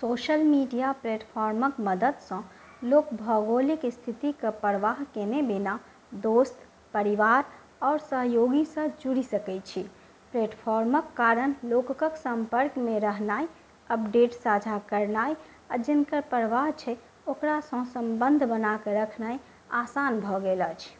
Social media प्लेटफॉर्मक मदद सँ लोक भौगोलिक स्थितिक परवाह केने बिना दोस्त, परिवार, आओर सहयोगी सँ जुड़ि सकैछी। प्लेटफॉर्मक कारण लोकक संपर्कमे रहनाइ, अपडेट साझा करनाइ, आ जिनकर परवाह छै ओकरा सँ संबंध बना क’ रखनाइ आसान भ’ गेल अछि।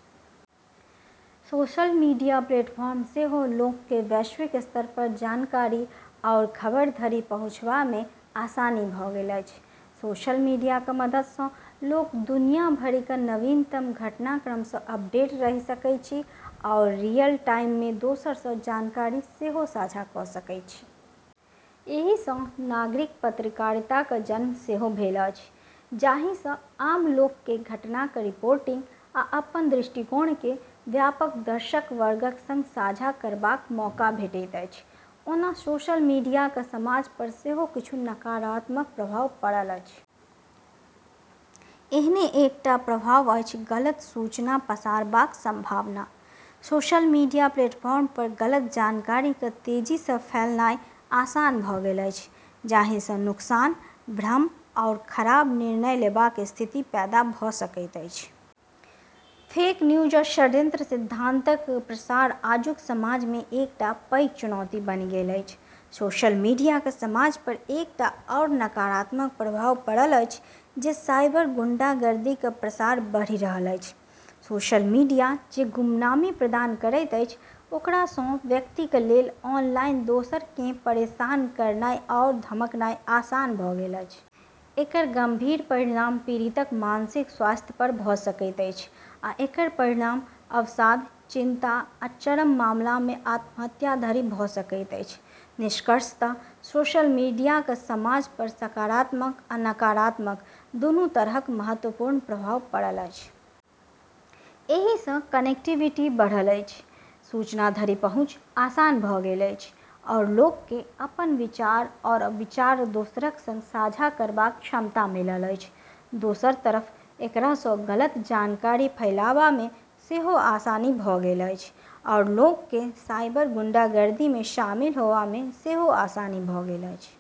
सोशल मीडिया प्लेटफॉर्म पर सेहो लोककेँ वैश्विक स्तर पर जानकारी आओर खबरि धरि पहुँछबामे आसानी भ’ गेल अछि। सोशल मीडियाक मदद सँ लोक दुनिया भरिक नवीनतम घटनाक्रम सँ अपडेट रहि सकैछी, आओर रियल टाइममे दोसर सँ जानकारी सेहो साझा क’ सकैछी। एहि सँ नागरिक पत्रकारिताक जन्म सेहो भेल अछि, जाहि सँ आम लोककेँ घटनाक रिपोर्टिंग आ अपन दृष्टिकोणकेँ व्यापक दर्शक वर्गक संग साझा करबाक मौका भेटैत अछि। ओना सोशल मीडियाक समाज पर सेहो किछु नकारात्मक प्रभाव पड़ल अछि। एहने एकटा प्रभाव अछि गलत सूचना पसारबाक संभावना। सोशल मीडिया प्लेटफॉर्म पर गलत जानकारीक तेजी सँ फैलनाइ आसान भ’ गेल अछि, जाहि सँ नुकसान, भ्रम आओर खराब निर्णय लेबाक स्थिति पैदा भ’ सकैत अछि। फेक न्यूज आ षड्यंत्र सिद्धांतक प्रसार आजुक समाजमे एकटा पैघ चुनौती बनि गेल अछि। सोशल मीडियाक समाज पर एकटा आओर नकारात्मक प्रभाव पड़ल अछि जे साइबर गुंडागर्दीक प्रसार बढ़ि रहल अछि। सोशल मीडिया जे गुमनामी प्रदान करैत अछि, ओकरा सँ व्यक्तिक लेल ऑनलाइन दोसरकेँ परेशान करनाइ आओर धमकनाइ आसान भ’ गेल अछि। एकर गंभीर परिणाम पीड़ितक मानसिक स्वास्थ्य पर भ’ सकैत अछि आ एकर परिणाम अवसाद, चिंता आ चरम मामलामे आत्महत्या धरि भ’ सकैत अछि। निष्कर्षतः सोशल मीडियाक समाज पर सकारात्मक आ नकारात्मक दुनू तरहक महत्वपूर्ण प्रभाव पड़ल अछि। एहि सँ कनेक्टिविटी बढ़ल अछि, सूचना धरि पहुँच आसान भ’ गेल अछि आओर लोककेँ अपन विचार आओर विचार दोसरक संग साझा करबाक क्षमता मिलल अछि। दोसर तरफ एकरा सँ गलत जानकारी फैलाबामे सेहो आसानी भ’ गेल अछि, आओर लोककेँ साइबर गुंडागर्दीमे शामिल होबामे सेहो आसानी भ’ गेल अछि।